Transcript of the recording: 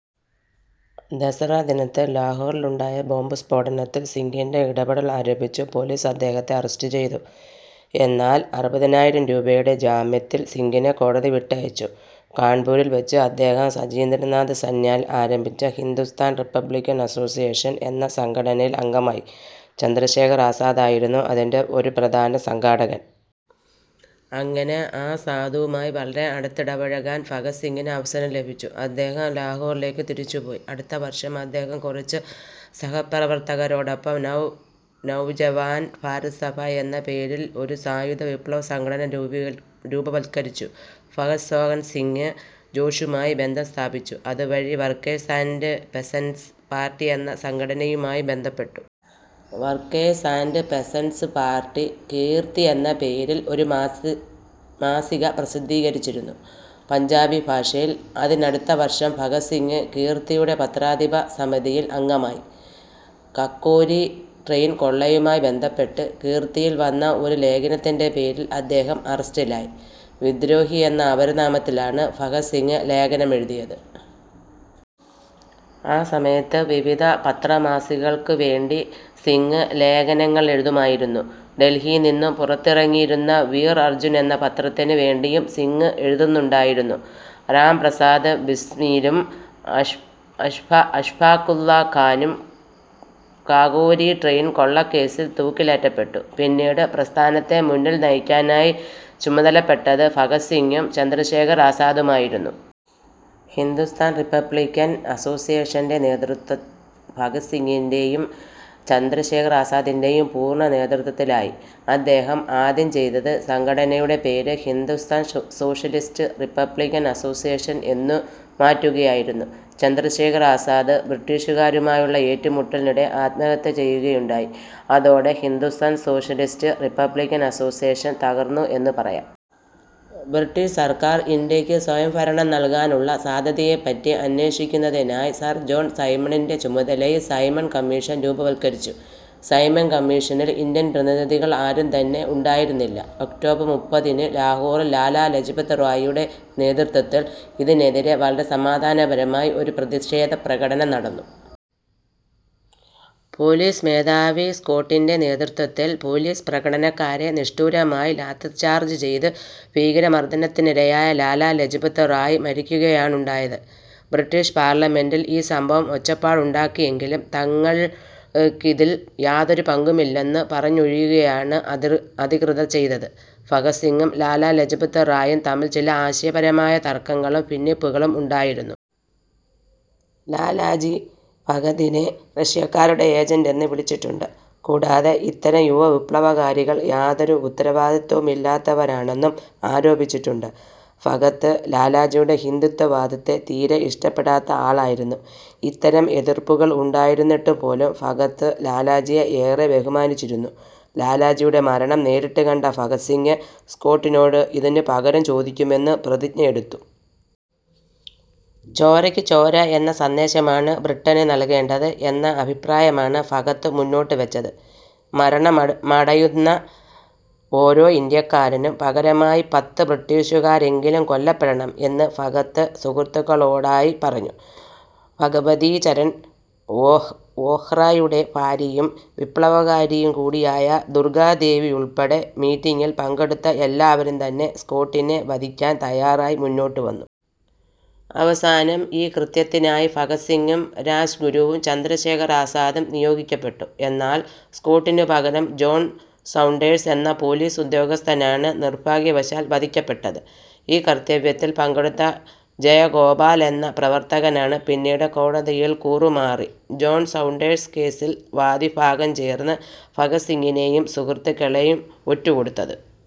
ദസ്സറ ദിനത്തിൽ ലാഹോറിലുണ്ടായ ബോംബുസ്ഫോടനത്തിൽ സിംഗിൻ്റെ ഇടപെടൽ ആരോപിച്ച് പോലീസ് അദ്ദേഹത്തെ അറസ്റ്റു ചെയ്തു. എന്നാൽ അറുപതിനായിരം രൂപയുടെ ജാമ്യത്തിൽ സിംഗിനെ കോടതി വിട്ടയച്ചു. കാൺപൂരിൽ വച്ച് അദ്ദേഹം സചീന്ദ്രനാഥ് സന്യാൽ ആരംഭിച്ച ഹിന്ദുസ്ഥാൻ റിപ്പബ്ലിക്കൻ അസോസിയേഷൻ എന്ന സംഘടനയിൽ അംഗമായി. ചന്ദ്രശേഖർ ആസാദായിരുന്നു അതിൻ്റെ ഒരു പ്രധാന സംഘാടകൻ. അങ്ങനെ ആസാദുമായി വളരെ അടുത്തിടപഴകാൻ ഭഗത് സിംഗിന് അവസരം ലഭിച്ചു. അദ്ദേഹം ലാഹോറിലേക്ക് തിരിച്ചു പോയി. അടുത്ത വർഷം അദ്ദേഹം കുറച്ചു സഹപ്രവർത്തകരോടൊപ്പം നൗജവാൻ ഭാരത് സഭ എന്ന പേരിൽ ഒരു സായുധ വിപ്ലവസംഘടന രൂപവത്കരിച്ചു. ഭഗത് സോഹൻസിംഗ് ജോഷുമായി ബന്ധം സ്ഥാപിച്ചു, അതുവഴി വർക്കേഴ്സ് ആൻഡ് പെസൻ്റ്സ് പാർട്ടി എന്ന സംഘടനയുമായും ബന്ധപ്പെട്ടു. Workers and Peasants Party Kirti എന്ന പേരിൽ ഒരു മാസിക പ്രസിദ്ധീകരിച്ചിരുന്നു പഞ്ചാബി ഭാഷയിൽ. അതിനടുത്ത വർഷം ഭഗത് സിംഗ് കീർത്തിയുടെ പത്രാധിപ സമിതിയിൽ അംഗമായി. കാക്കോരി ട്രെയിൻ കൊള്ളയുമായി ബന്ധപ്പെട്ടു കീർത്തിയിൽ വന്ന ഒരു ലേഖനത്തിൻ്റെ പേരിൽ അദ്ദേഹം അറസ്റ്റിലായി. വിദ്രോഹി എന്ന അപരനാമത്തിലാണ് ഭഗത് സിംഗ് ലേഖനമെഴുതിയത്. ആ സമയത്ത് വിവിധ പത്രമാസികകൾക്കുവേണ്ടി സിംഗ് ലേഖനങ്ങളെഴുതുമായിരുന്നു. ഡൽഹിയിൽ നിന്നും പുറത്തിറങ്ങിയിരുന്ന വീർ അർജ്ജുൻ എന്ന പത്രത്തിനു വേണ്ടിയും സിംഗ് എഴുതുന്നുണ്ടായിരുന്നു. രാം പ്രസാദ് ബിസ്മിലും, അഷ്ഫാഖുല്ല ഖാനും കാകോരി ട്രെയിൻ കൊള്ളകേസിൽ തൂക്കിലേറ്റപ്പെട്ടു. പിന്നീട് പ്രസ്ഥാനത്തെ മുന്നിൽ നയിക്കാനായി ചുമതലപ്പെട്ടത് ഭഗത് സിംഗും, ചന്ദ്രശേഖർ ആസാദുമായിരുന്നു. ഹിന്ദുസ്ഥാൻ റിപ്പബ്ലിക്കൻ അസോസിയേഷൻ്റെ നേതൃത്വം ഭഗത് സിംഗിൻ്റെയും ചന്ദ്രശേഖർ ആസാദിൻ്റെയും പൂർണ്ണ നേതൃത്വത്തിലായി. അദ്ദേഹം ആദ്യം ചെയ്തത് സംഘടനയുടെ പേര് ഹിന്ദുസ്ഥാൻ സോഷ്യലിസ്റ്റ് റിപ്പബ്ലിക്കൻ അസോസിയേഷൻ എന്നു മാറ്റുകയായിരുന്നു. ചന്ദ്രശേഖർ ആസാദ് ബ്രിട്ടീഷുകാരുമായുള്ള ഏറ്റുമുട്ടലിനിടെ ആത്മഹത്യ ചെയ്യുകയുണ്ടായി, അതോടെ ഹിന്ദുസ്ഥാൻ സോഷ്യലിസ്റ്റ് റിപ്പബ്ലിക്കൻ അസോസിയേഷൻ തകർന്നു എന്നു പറയാം. ബ്രിട്ടീഷ് സർക്കാർ ഇന്ത്യക്ക് സ്വയംഭരണം നൽകാനുള്ള സാധ്യതയെപ്പറ്റി അന്വേഷിക്കുന്നതിനായി സർ ജോൺ സൈമണിൻ്റെ ചുമതലയിൽ സൈമൺ കമ്മീഷൻ രൂപവത്കരിച്ചു. സൈമൺ കമ്മീഷനിൽ ഇന്ത്യൻ പ്രതിനിധികൾ ആരും തന്നെ ഉണ്ടായിരുന്നില്ല. ഒക്ടോബർ മുപ്പതിന് ലാഹോറിൽ ലാലാ ലജ്പത് റായിയുടെ നേതൃത്വത്തിൽ ഇതിനെതിരെ വളരെ സമാധാനപരമായി ഒരു പ്രതിഷേധപ്രകടനം നടന്നു. പോലീസ് മേധാവി സ്കോട്ടിൻ്റെ നേതൃത്വത്തിൽ പോലീസ് പ്രകടനക്കാരെ നിഷ്ഠൂരമായി ലാത്തിച്ചാർജ് ചെയ്തു. ഭീകരമർദ്ദനത്തിനിരയായ ലാലാ ലജ്പത് റായി മരിക്കുകയാണുണ്ടായത്. ബ്രിട്ടീഷ് പാർലമെൻ്റിൽ ഈ സംഭവം ഒച്ചപ്പാടുണ്ടാക്കിയെങ്കിലും, തങ്ങൾക്കിതിൽ യാതൊരു പങ്കുമില്ലെന്നു പറഞ്ഞൊഴിയുകയാണ് അധികൃതർ ചെയ്തത്. ഭഗത് സിംഗും ലാലാ ലജ്പത് റായിയും തമ്മിൽ ചില ആശയപരമായ തർക്കങ്ങളും ഭിന്നിപ്പുകളും ഉണ്ടായിരുന്നു. ലാലാജി ഭഗതിനെ റഷ്യക്കാരുടെ ഏജൻ്റ് എന്ന് വിളിച്ചിട്ടുണ്ട്, കൂടാതെ ഇത്തരം യുവവിപ്ലവകാരികൾ യാതൊരു ഉത്തരവാദിത്തവുമില്ലാത്തവരാണെന്നും ആരോപിച്ചിട്ടുണ്ട്. ഭഗത് ലാലാജിയുടെ ഹിന്ദുത്വവാദത്തെ തീരെ ഇഷ്ടപ്പെടാത്ത ആളായിരുന്നു. ഇത്തരം എതിർപ്പുകൾ ഉണ്ടായിരുന്നിട്ടുപോലും ഭഗത് ലാലാജിയെ ഏറെ ബഹുമാനിച്ചിരുന്നു. ലാലാജിയുടെ മരണം നേരിട്ടു കണ്ട ഭഗത് സിംഗ് സ്കോട്ടിനോട് ഇതിന് പകരം ചോദിക്കുമെന്ന് പ്രതിജ്ഞയെടുത്തു. ചോരക്കു ചോര എന്ന സന്ദേശമാണ് ബ്രിട്ടന് നൽകേണ്ടത് എന്ന അഭിപ്രായമാണ് ഭഗത് മുന്നോട്ടു വെച്ചത്. മരണമടയുന്ന ഓരോ ഇന്ത്യക്കാരനും പകരമായി പത്ത് ബ്രിട്ടീഷുകാരെങ്കിലും കൊല്ലപ്പെടണം എന്ന് ഭഗത് സുഹൃത്തുക്കളോടായി പറഞ്ഞു. ഭഗവതീ ചരൺ വോഹ്രയുടെ ഭാര്യയും വിപ്ലവകാരിയും കൂടിയായ ദുർഗ്ഗാദേവിയുൾപ്പെടെ മീറ്റിംഗിൽ പങ്കെടുത്ത എല്ലാവരും തന്നെ സ്കോട്ടിനെ വധിക്കാൻ തയ്യാറായി മുന്നോട്ടു വന്നു. അവസാനം ഈ കൃത്യത്തിനായി ഭഗത് സിംഗും, രാജ്ഗുരുവും, ചന്ദ്രശേഖർ ആസാദും നിയോഗിക്കപ്പെട്ടു. എന്നാൽ സ്കോട്ടിനു പകരം ജോൺ സൗണ്ടേഴ്സ് എന്ന പോലീസ് ഉദ്യോഗസ്ഥനാണ് നിർഭാഗ്യവശാൽ വധിക്കപ്പെട്ടത്. ഈ കർത്തവ്യത്തിൽ പങ്കെടുത്ത ജയഗോപാൽ എന്ന പ്രവർത്തകനാണ് പിന്നീട് കോടതിയിൽ കൂറുമാറി ജോൺ സൗണ്ടേഴ്സ് കേസിൽ വാദിഭാഗം ചേർന്ന് ഭഗത് സിംഗിനെയും സുഹൃത്തുക്കളെയും ഒറ്റുകൊടുത്തത്.